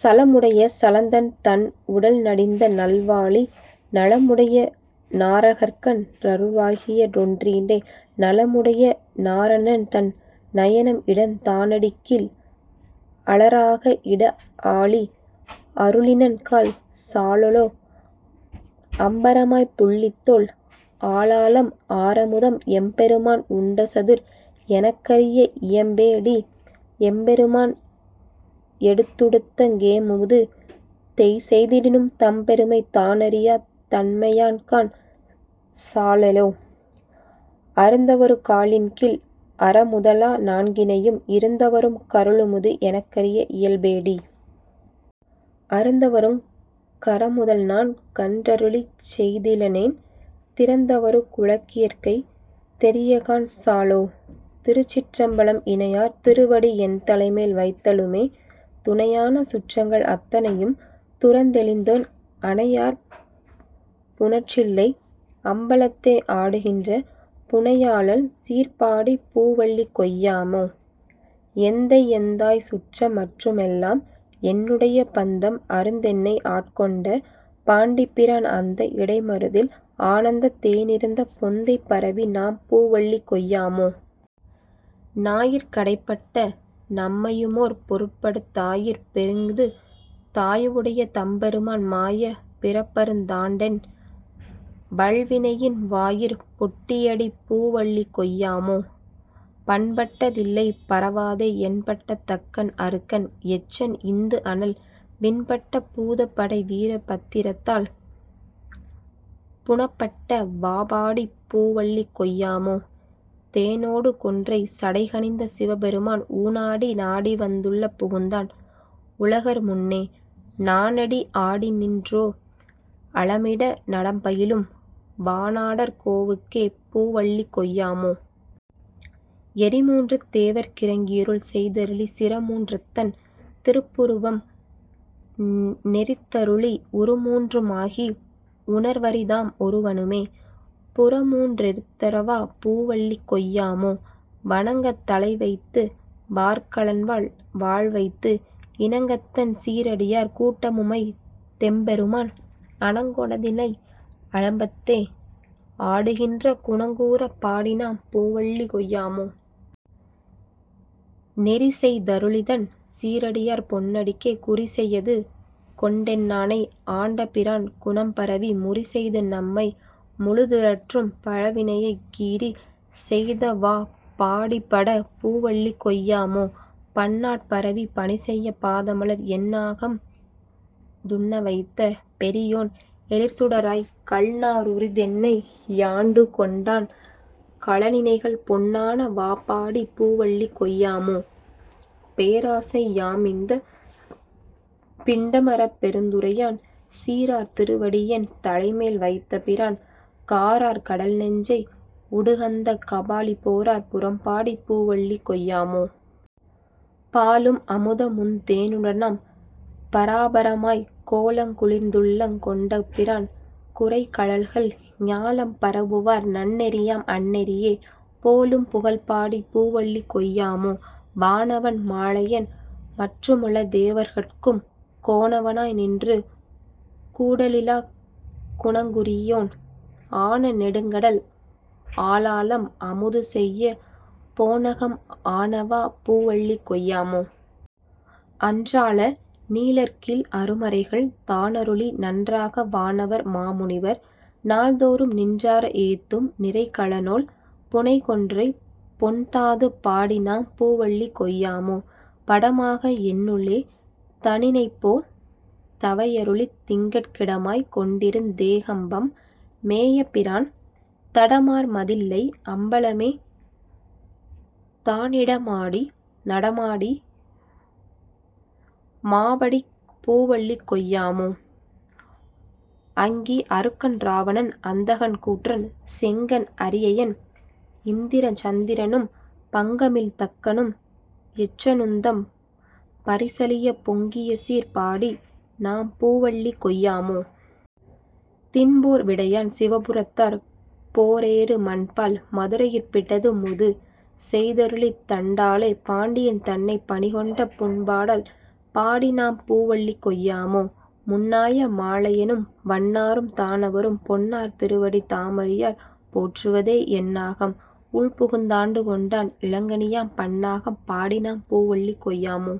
சலமுடைய சலந்தரன்தன் உடல்தடிந்த நல்லாழி நலமுடைய நாரணற்கன் றருளியவா றென்னேடீ? நலமுடைய நாரணன்தன் நயனம்இடந் தானடிக்கீழ் அலராக இடஆழி அருளினன்காண் சாழலோ. அம்பரமாம் புள்ளித்தோல் ஆலாலம் ஆரமுதம் எம்பெருமான் உண்டசதுர் எனக்கறிய இயம்பேடீ எம்பெருமான் ஏடுத்துடக்தங் கேதமுது செய்திடினும் தம்பெருமை தானறியாத் தன்மையன்காண் சாழலோ. அருந்தவருக் காலின்கீழ் அறமுதலா நான்கினையும் இருந்தவருக் கருளுமது எனக்கறிய இயம்பேடீ? அருந்தவருக் கறமுதல்நான் கன்றருளிச் செய்திலனேல் திருந்தவருக் குலகியற்கை தெரியாகாண் சாழலோ. திருச்சிற்றம்பலம் இணையார் திருவடி என்தலைமேல் வைத்தலுமே துணையான சுற்றங்கள் அத்தனையும் துறந்தொழிந்தேன் அணையார் புனற்றில்லை அம்பலத்தே ஆடுகின்ற புணையாளன் சீர்பாடிப் பூவல்லி கொய்யாமோ. எந்தையெந் தாய்சுற்றம் மற்றுமெல்லாம் என்னுடைய பந்தம் அறுந்தென்னை ஆண்டுகொண்ட பாண்டிப்பிரான் அந்த இடைமருதில் ஆனந்தத் தேனிருந்த பொந்தைப் பரவிநாம் பூவல்லி கொய்யாமோ. நாயிற் கடைப்பட்ட நம்மையுமோர் பொருட்படுத்துத் தாயிற் பெரிதுங் தயாவுடைய தம்பொருமான் மாயப் பிறப்பறுந் தாண்டானென் வல்வினையின் வாயிற் பொடியட்டிப் பூவல்லி கொய்யாமோ. பண்பட்ட தில்லைப் பரவாதே எண்பட்ட தக்கன் அருக்கன் எச்சன் இந்துஅனல் விண்பட்ட பூதப் படைவீர பத்திரதால் புணப்பட்ட வாபாடிப் பூவல்லி கொய்யாமோ. தேனாடு கொன்றை சடைக்கணிந்த சிவபெருமான் ஊனாடி நாடிவந் துள்புகுந்தான் உலகர்முன்னே நானாடி ஆடிநின்றோ அலமிட நடம்பயிலும் வானாடர் கோவுக்கே பூவல்லி கொய்யாமோ. எரிமூன்று தேவர்க் கிரங்கியருள் செய்தருளிச் சிரமூன் றறத்தன் திருப்புருவம் நெரித்தருளி உருமூன்று மாகி உணர்வரிதாம் ஒருவனுமே புரமூன் றெரத்தவா பூவல்லி கொய்யாமோ. வணங்கத் தலை வைத்து வார்கழல்வாழ் வாழ்வைத்து இணங்தத்தன் சீரடியார் கூட்டமும்வைத் தெம்பெருமான் அணங்கொடதில்லை அலம்பத்தே ஆடுகின்ற குணங் கூரப் பாடிநாம் பூவல்லி கொய்யாமோ. நெறிசெய் தருளித்தன் சீரடியார் பொன்னடிக்கே குறிசெயது கொண்டென்னை ஆண்டபிரான் குணம்பரவி முறிசெய்து நம்மை முழுதுடற்றும் பழவினையைக் கிறிசெய்த வாபாடிபட பூவல்லி கொய்யாமோ. பன்னாட் பரவிப் பணிசெய்யப் பாதமலர் என்ஆகம் துன்னவைத்த பெரியோன் எழிற்சுடராய்க் கல்நா ருரித்தென்னை யாண்டுகொண்டான் கழலிணைகள் பொன்னான வாபாடிப் பூவல்லி கொய்யாமோ. பேராசை யாமிந்தப் பிண்டமறப் பெருந்துறையான் சீரார் திருவடி யென் தலைமேல் வைத்தபிரான் காரார் கடல்நஞ்சை உடுகந்த காபாலி போரார் புறம்பாடிப் பூவல்லி கொய்யாமோ. பாலும் அமுதமுந் தேனுடனாம் பராபரமாய்க் கோலங் குளிர்ந்துள்ளங் கொண்டபிரான் குரைகழல்கள் ஞாலம் பரவுவார் நன்னெறியாம் அந்நெறியே போலும் புகழ்பாடிப் பூவல்லி கொய்யாமோ. வானவன் மாலயன் மற்றுமுள்ள தேவர்கட்கும் கோனவ னாய் நின்று கூடலிலாக் குணங்குறியோன் ஆன நெடுங்கடல் ஆலாலம் அமுதுசெய்யப் போனகம் ஆனவா பூவல்லி கொய்யாமோ. அன்றால நீழற்கீழ் அருமறைகள் தானருளி நன்றாக வானவர் மாமுனிவர் நாள்தோறும் நின்றார ஏத்தும் நிறைகழலோள் புனைகொன்றைப் பொன்தாது பாடிநாம் பூவல்லி கொய்யாமோ. படமாக என்னுள்ளே தன்னிணைப்போ தவையளித்திங் கிடமாகக் கொண்டிருந் தேகம்பம் மேயபிரான் தடமார் மதில்தில்லை அம்பலமே தானிடமாடி நடமாடி மாபாடிப் பூவல்லி கொய்யாமோ. அங்கி அருக்கன் இராவணன் அந்தகன் கூற்றன் செங்கண் அரிஅயன் இந்திரனுஞ் சந்திரனும் பங்கமில் தக்கனும் எச்சனுந்தம் பரிசழியப் பொங்கியசீர் பாடிநாம் பூவல்லி கொய்யாமோ. திண்போர் விடையான் சிவபுரத்தார் போரேறு மண்பால் மதுரையிற் பிட்டமுது செய்தருளித் தண்டாலே பாண்டியன் தன்னைப் பணிகொண்ட புண்பாடல் பாடிநாம் பூவல்லி கொய்யாமோ. முன்னாய மாலயனும் வண்ணாரும் தானவரும் பொன்னார் திருவடி தாமறியார் போற்றுவதே என்னாகம் உள்புகுந் தாண்டு கொண்டான் இலங்கணியாம் பன்னாகம் பாடிநாம் பூவல்லி கொய்யாமோ.